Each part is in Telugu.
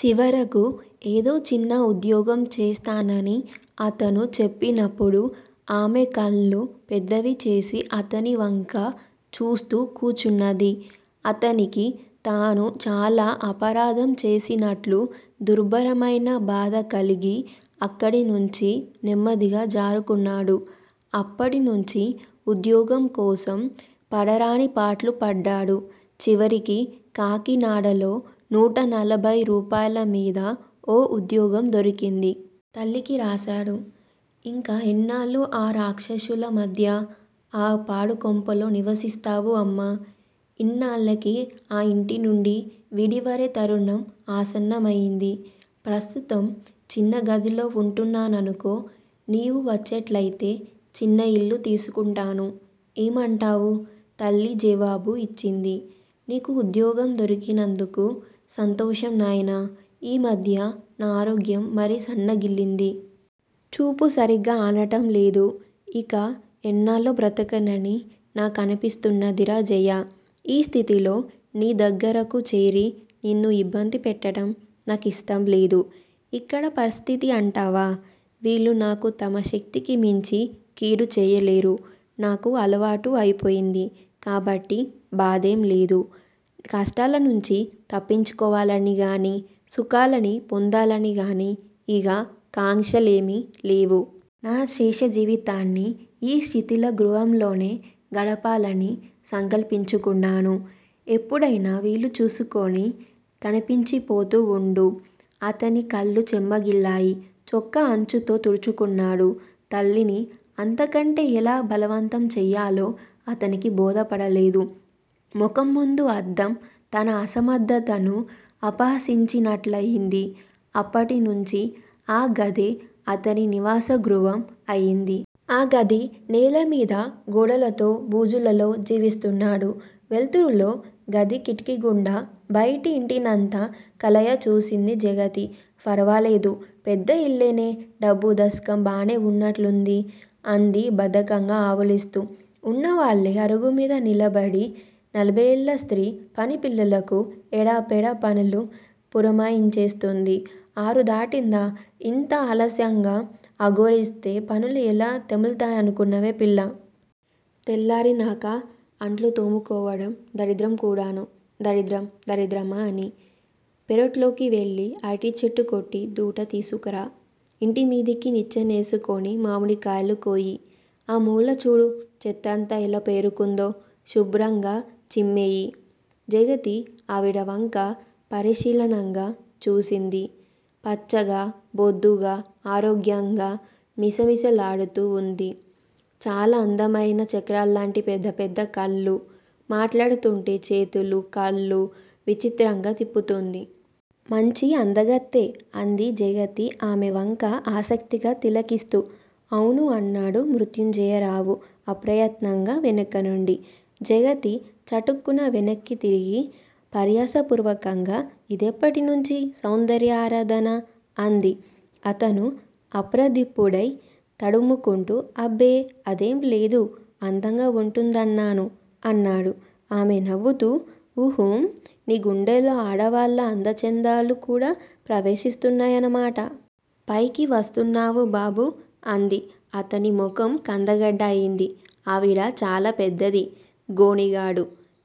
చివరకు ఏదో చిన్న ఉద్యోగం చేస్తానని అతను చెప్పినప్పుడు ఆమెకళ్ళు పెద్దవిచేసి అతనివంక చూస్తూ కూచున్నది. అతనికి తాను చాలా అపరాధం చేసినట్లు దుర్భరమైన బాధకలిగి అక్కడ్నుంచి నెమ్మదిగా జారుకున్నాడు. అప్పట్నుంచీ ఉద్యోగంకోసం పడరాని పాట్లు పడ్డాడు. చివరికి కాకినాడలో నూటనలభయి రూపాయలమీద ఓ ఉద్యోగం దొరికింది. తల్లికి రాశాడు. ఇంకా ఎన్నాళ్ళు ఆ రాక్షసులమధ్య ఆ పాడుకొంపలో నివసిస్తావు అమ్మా! ఇనాళ్ళకి ఆ యింటినుండి విడివడే తరుణం ఆసన్నమయింది. ప్రస్తుతం చిన్నగదిలో వుంటున్నాననుకో. నువ్వు వచ్చేట్లయితే చిన్నయిల్లు తీసుకుంటాను. ఏమంటావు? తల్లి జవాబు యిచ్చింది. నీకు ఉద్యోగం దొరికినందుకు సంతోషం నాయనా! ఈమధ్య నా ఆరోగ్యం మరీ సన్నగిల్లింది. చూపూ సరిగ్గా ఆనటం లేదు. ఇంకా ఎన్నాళ్ళో బ్రతకనని నాకనిపిస్తున్నదిరా జయా! ఈ స్థితిలో నీ దగ్గరకు చేరి నిన్ను యిబ్బందిపెట్టటం నాకిష్టంలేదు. ఇక్కడ పరిస్థితి అంటావా? వీళ్ళు నాకు తమ శక్తికిమించి కీడు చేయలేరు. నాకు అలవాటు అయిపోయింది కాబట్టి బాధేంలేదు. కష్టాలనుంచి తప్పించుకోవాలనిగాని, సుఖాలని పొందాలనిగాని యిహ కాంక్షలేమీ లేవు. నా శేషజీవితాన్ని యీ శిథిలగృహంలోనే గడపాలని సంకల్పించుకున్నాను. ఎప్పుడైనా వీలుచూసుకుని కనిపించిపోతూ వుండు. తనకి కళ్ళు చెమ్మగిల్లాయి. చొక్కా అంచుతో తుడుచుకున్నాడు. తల్లిని అంతకంటే ఎలా బలవంతం చెయ్యాలో అతనికి బోధపడలేదు. ముఖంముందు అద్దం తన అసమర్థతను అపహసించినట్లయింది. అప్పట్నుంచీ ఆ గదే అతని నివాసగృహం అయింది. ఆ గది నేలమీద, గోడలతో బూజులో జీవిస్తున్నాడు. వెల్తురులో గది కిటికీగుండా బయటి యింటినంతా కలయచూసింది జగతి. ఫర్వాలేదు. పెద్దయిల్లేనే. డబ్బూ, దస్కం బాగానే వున్నట్లుంది అంది బద్ధకంగా ఆవులిస్తూ. ఉన్నవాళ్ళే అరుగుమీద నిలబడి నలభైఏళ్ళ స్త్రీ పనిపిల్లలకు ఎడాపెడా పన్లు పురమాయించేస్తుంది. ఆరుదాటిందా? యింత ఆలస్యంగా అఘోరిస్తే పనులు ఎలా తెముల్తాయనుకున్నావే పిల్లా! తెల్లారినాక అంట్లు తోముకోవటం దరిద్రంకూడానూ. దరిద్రం దరిద్రమా అని. పెరట్లోకి వెళ్లి అరిటిచెట్టుకొట్టి దూట తీసుకురా. ఇంటిమీదికి నిచ్చెనేసుకుని మామిడికాయలు కొయ్యి. ఆ మూలచూడు. చెత్తంతా యెలా పేరుకుందో? శుభ్రంగా చిమ్మెయ్యి. జగతి ఆవిడవంక పరిశీలనగా చూసింది. పచ్చగా, బొద్దుగా, ఆరోగ్యంగా మిసమిసలాడుతూ వున్నది. చాలా అందమైన చక్రాల్లాంటి పెద్దపెద్ద కళ్ళు, మాట్లాడుతూంటే చేతులూ, కళ్ళూ విచిత్రంగా తిప్పుతోంది. మంచి అందగత్తె అంది జగతి ఆమెవంక ఆసక్తిగా తిలకిస్తూ. అవును అన్నాడు మృత్యుంజయరావు అప్రయత్నంగా వెనకనుండి. జగతి చటుక్కున వెనక్కి తిరిగి పరిహాసపూర్వకంగా యిదెప్పటినుంచీ సౌందర్యారాధన అంది. అతను అప్రతిభుడై తడుముకుంటూ అబ్బే. అదేంలేదు. అందంగా వుంటుందన్నాను అన్నాడు. ఆమె నవ్వుతూ, ఊహూఁ, నీ గుండెల్లో ఆడవాళ్ళ అందచందాలు కూడా ప్రవేశిస్తున్నాయన్నమాట. పైకి వస్తున్నావు బాబూ! అంది. అతనిముఖం కందగడ్డ అయింది. ఆవిడ చాలా పెద్దది గొణిగాడు.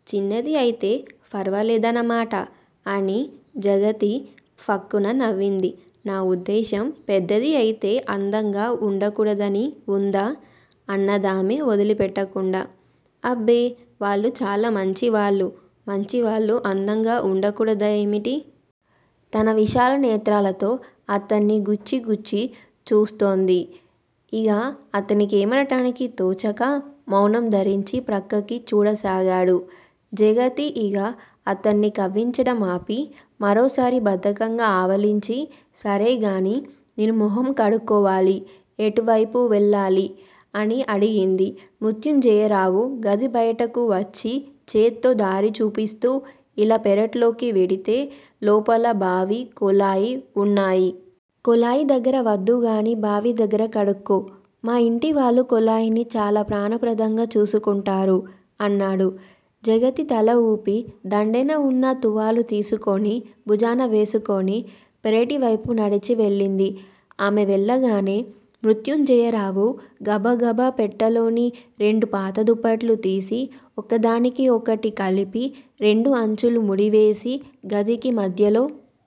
చిన్నది అయితే ఫర్వాలేదన్నమాట అని జగతి ఫక్కున నవ్వింది. నా ఉద్దేశ్యం పెద్దది అయితే అందంగా వుండకూడదని వుందా? అన్నదామె వొదిలిపెట్టకుండా. అబ్బే, వాళ్ళు చాలా మంచివాళ్ళు. మంచివాళ్ళు అందంగా వుండకూడదేమిటి? తన విశాలనేత్రాలతో అతన్ని గుచ్చిగుచ్చి చూస్తోంది. ఇహ అతనికేమనటానికీ తోచక మౌనం ధరించి ప్రక్కకి చూడసాగాడు. జగతి యిహ అతన్ని కవ్వించటం ఆపి, మరోసారి బద్ధకంగా ఆవులించి సరేగాని, నేను మొహం కడుక్కోవాలి. ఎటువైపు వెళ్ళాలి? అని అడిగింది. మృత్యుంజయరావు గదిబయటకు వచ్చి చేత్తో దారి చూపిస్తూ ఇలా పెరట్లోకి వెడితే లోపల బావీ, కొళాయీ వున్నాయి. కొళాయి దగ్గర వద్దుగానీ, బావిదగ్గర కడుక్కో. మా యింటివాళ్ళు కొళాయిని చాలా ప్రాణప్రదంగా చూసుకుంటారు అన్నాడు. జగతి తల ఊపి, దండేనవున్న తువ్వాలు తీసుకుని భుజాన వేసుకుని, పెరటివైపు నడిచి వెళ్ళింది. ఆమె వెళ్ళగానే మృత్యుంజయరావు గబగబ పెట్టెలోని రెండు పాతదుప్పట్లు తీసి ఒకదానికి ఒకటి కలిపి రెండు అంచులూ ముడివేసి, గదికి మధ్యలో